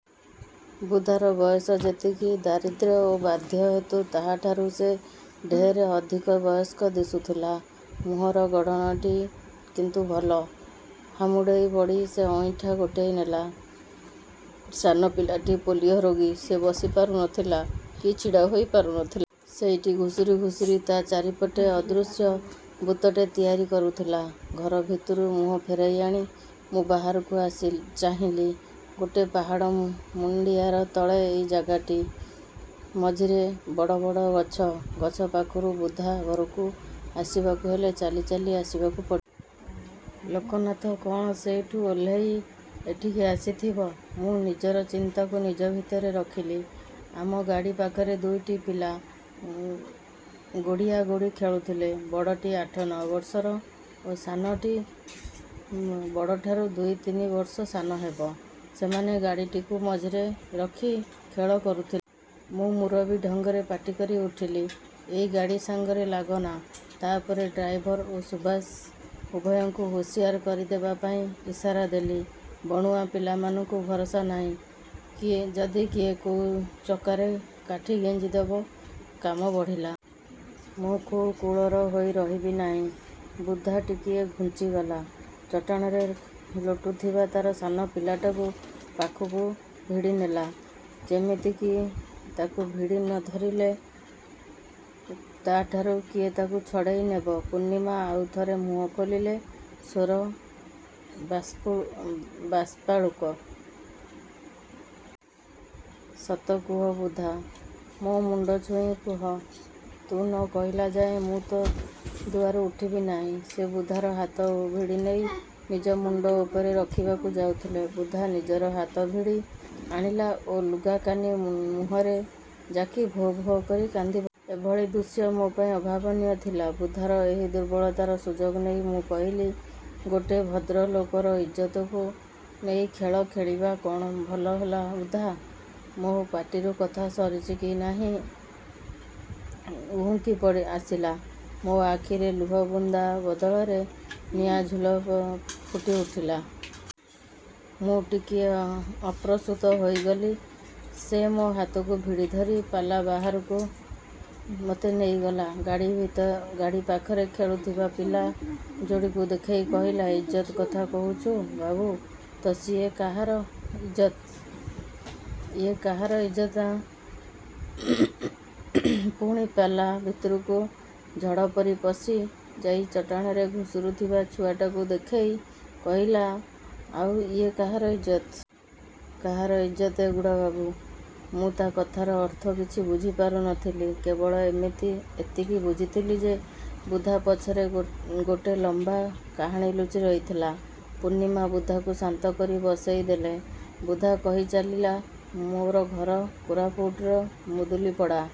ବୁଧାର ବୟସ ଯେତିକି, ଦାରିଦ୍ର୍ୟ ଓ ବ୍ୟାଧ୍ୟ ହେତୁ ତାହାଠାରୁ ସେ ଢେର୍ ଅଧିକ ବୟସ୍କ ଦିଶୁଥିଲା। ମୁହଁର ଗଢ଼ଣଟି କିନ୍ତୁ ଭଲ। ହାମୁଡ଼େଇ ପଡ଼ି ସେ ଅଇଁଠା ଗୋଟେଇ ନେଲା। ସାନ ପିଲାଟି ପୋଲିଓ ରୋଗୀ। ସେ ବସି ପାରୁ ନଥିଲା କି ଛିଡ଼ା ହୋଇ ପାରୁ ନଥିଲା। ସେଇଠି ଘୁଷୁରି ଘୁଷୁରି ତା' ଚାରିପଟେ ଅଦୃଶ୍ୟ ବୃତ୍ତଟେ ତିଆରି କରୁଥିଲା। ଘର ଭିତରୁ ମୁହଁ ଫେରେଇ ଆଣି ମୁଁ ବାହାରକୁ ଆସି ଚାହିଁଲି। ଗୋଟେ ପାହାଡ଼ ମୁଣ୍ଡିଆର ତଳେ ଏଇ ଜାଗାଟି। ମଝିରେ ବଡ଼ ବଡ଼ ଗଛ। ଗଛ ରାସ୍ତା ପାଖରୁ ବୁଧାର ଘରକୁ ଆସିବାକୁ ହେଲେ ଚାଲି ଚାଲି ଆସିବାକୁ ପଡ଼। ଲୋକନାଥ କ'ଣ ସେଇଠୁ ଓହ୍ଲେଇ ଏଠିକି ଆସିଥିବ! ମୁଁ ନିଜର ଚିନ୍ତାକୁ ନିଜ ଭିତରେ ରଖିଲି। ଆମ ଗାଡ଼ି ପାଖରେ ଦୁଇଟି ପିଲା ଉ ଗୋଡ଼ିଆଗୋଡ଼ି ଖେଳୁଥିଲେ। ବଡ଼ଟି ଆଠ ନଅ ବର୍ଷର ଓ ସାନଟି ବଡ଼ଠାରୁ ଦୁଇ ତିନି ବର୍ଷ ସାନ ହେବ। ସେମାନେ ଗାଡ଼ିଟିକୁ ମଝିରେ ରଖି ଖେଳ ଖେଳୁଥିଲେ। ମୁଁ ମୁରବି ଢଙ୍ଗରେ ପାଟି କରି ଉଠିଲି, "ଏଇ, ଗାଡ଼ି ସାଙ୍ଗରେ ଲାଗନା।" ତା' ପରେ ଡ୍ରାଇଭର ଓ ସୁଭାଷ ଉଭୟଙ୍କୁ ହୁସିଆର କରିଦେବା ପାଇଁ ଇସାରା ଦେଲି। ବଣୁଆ ପିଲାମାନଙ୍କୁ ଭରସା ନାହିଁ, କିଏ ଯଦି କିଏ କୋଉ ଚକାରେ କାଠି ଗେଞ୍ଜିଦିଏ କାମ ବଢ଼ିଲା। ମୁଁ କୋଉ କୂଳର ହୋଇ ରହିବି ନାହିଁ।" ବୁଧା ଟିକିଏ ଘୁଞ୍ଚିଗଲା। ଚଟାଣରେ ଲୋଟୁଥିବା ତା'ର ସାନ ପିଲାଟାକୁ ପାଖକୁ ଭିଡ଼ି ନେଲା। ଯେମିତିକି ତାକୁ ଭିଡ଼ି ନ ଧରିଲେ ତା'ଠାରୁ କିଏ ତାକୁ ଛଡ଼େଇ ନେବ। ପୂର୍ଣ୍ଣିମା ଆଉ ଥରେ ମୁହଁ ଖୋଲିଲେ। ସ୍ୱର ବାଷ୍ପ ବାଷ୍ପାରୂପ। "ସତ କହ ବୁଧା, ମୋ ମୁଣ୍ଡ ଛୁଇଁ କୁହ। ତୁ ନ କହିଲା ଯାଏ ମୁଁ ତୋ ଦୁଆରୁ ଉଠିବି ନାହିଁ।" ସେ ବୁଧାର ହାତ ଭିଡ଼ି ନେଇ ନିଜ ମୁଣ୍ଡ ଉପରେ ରଖିବାକୁ ଯାଉଥିଲେ ବୁଧା ନିଜର ହାତ ଭିଡ଼ି ଆଣିଲା ଓ ଲୁଗାକାନି ମୁହଁରେ ଜାକି ଭୋ-ଭୋ କରି କାନ୍ଦି ଏଭଳି ଦୃଶ୍ୟ ମୋ ପାଇଁ ଅଭାବନୀୟ ଥିଲା। ବୁଧାର ଏହି ଦୁର୍ବଳତାର ସୁଯୋଗ ନେଇ ମୁଁ କହିଲି, "ଗୋଟେ ଭଦ୍ରଲୋକର ଇଜ୍ଜତକୁ ନେଇ ଖେଳ ଖେଳିବା କ'ଣ ଭଲ ହେଲା ବୁଧା?" ମୋ ପାଟିରୁ କଥା ସରିଛି କି ନାହିଁ ବୁଧା ଉହୁଙ୍କି ଆସିଲା। ତା' ଆଖିରେ ଲୁହ ବୁନ୍ଦା ବଦଳରେ ନିଆଁଝୁଲ ଫୁଟି ଉଠିଲା। ମୁଁ ଟିକେ ଅ ଅପ୍ରସ୍ତୁତ ହୋଇଗଲି। ସେ ମୋ ହାତକୁ ଭିଡ଼ି ଧରି ପାଲା ବାହାରକୁ ମୋତେ ନେଇଗଲା। ଗାଡ଼ି ପାଖରେ ଖେଳୁଥିବା ପିଲା ଯୋଡ଼ିକଙ୍କୁ ଦେଖେଇ କହିଲା, "ଇଜ୍ଜତ କଥା କହୁଛୁ ବାବୁ, ତ ସିଏ କାହାର ଇଜ୍ଜତ, ଇଏ କାହାର ଇଜ୍ଜତ ଆଁ?" ପୁଣି ପାଲା ଭିତରକୁ ଝଡ଼ ପରି ପଶି ଯାଇ ଚଟାଣରେ ଘୁଷୁରୁଥିବା ଛୁଆଟାକୁ ଦେଖେଇ କହିଲା, "ଆଉ, ଇଏ କାହାର ଇଜ୍ଜତ? କାହାର ଇଜ୍ଜତ ଏଗୁଡ଼ା ବାବୁ?" ମୁଁ ତା' କଥାର ଅର୍ଥ କିଛି ବୁଝି ପାରୁ ନଥିଲି। କେବଳ ଏତିକି ବୁଝୁଥିଲି ଯେ ବୁଧା ପଛରେ ଗୋଟେ ଲମ୍ବା କାହାଣୀ ଲୁଚି ରହିଥିଲା। ପୂର୍ଣ୍ଣିମା ବୁଧାକୁ ଶାନ୍ତ କରି ବସେଇ ଦେଲେ। ବୁଧା କହି ଚାଲିଲା "ମୋର ଘର କୋରାପୁଟର ମୁଦୁଲିପଡ଼ା।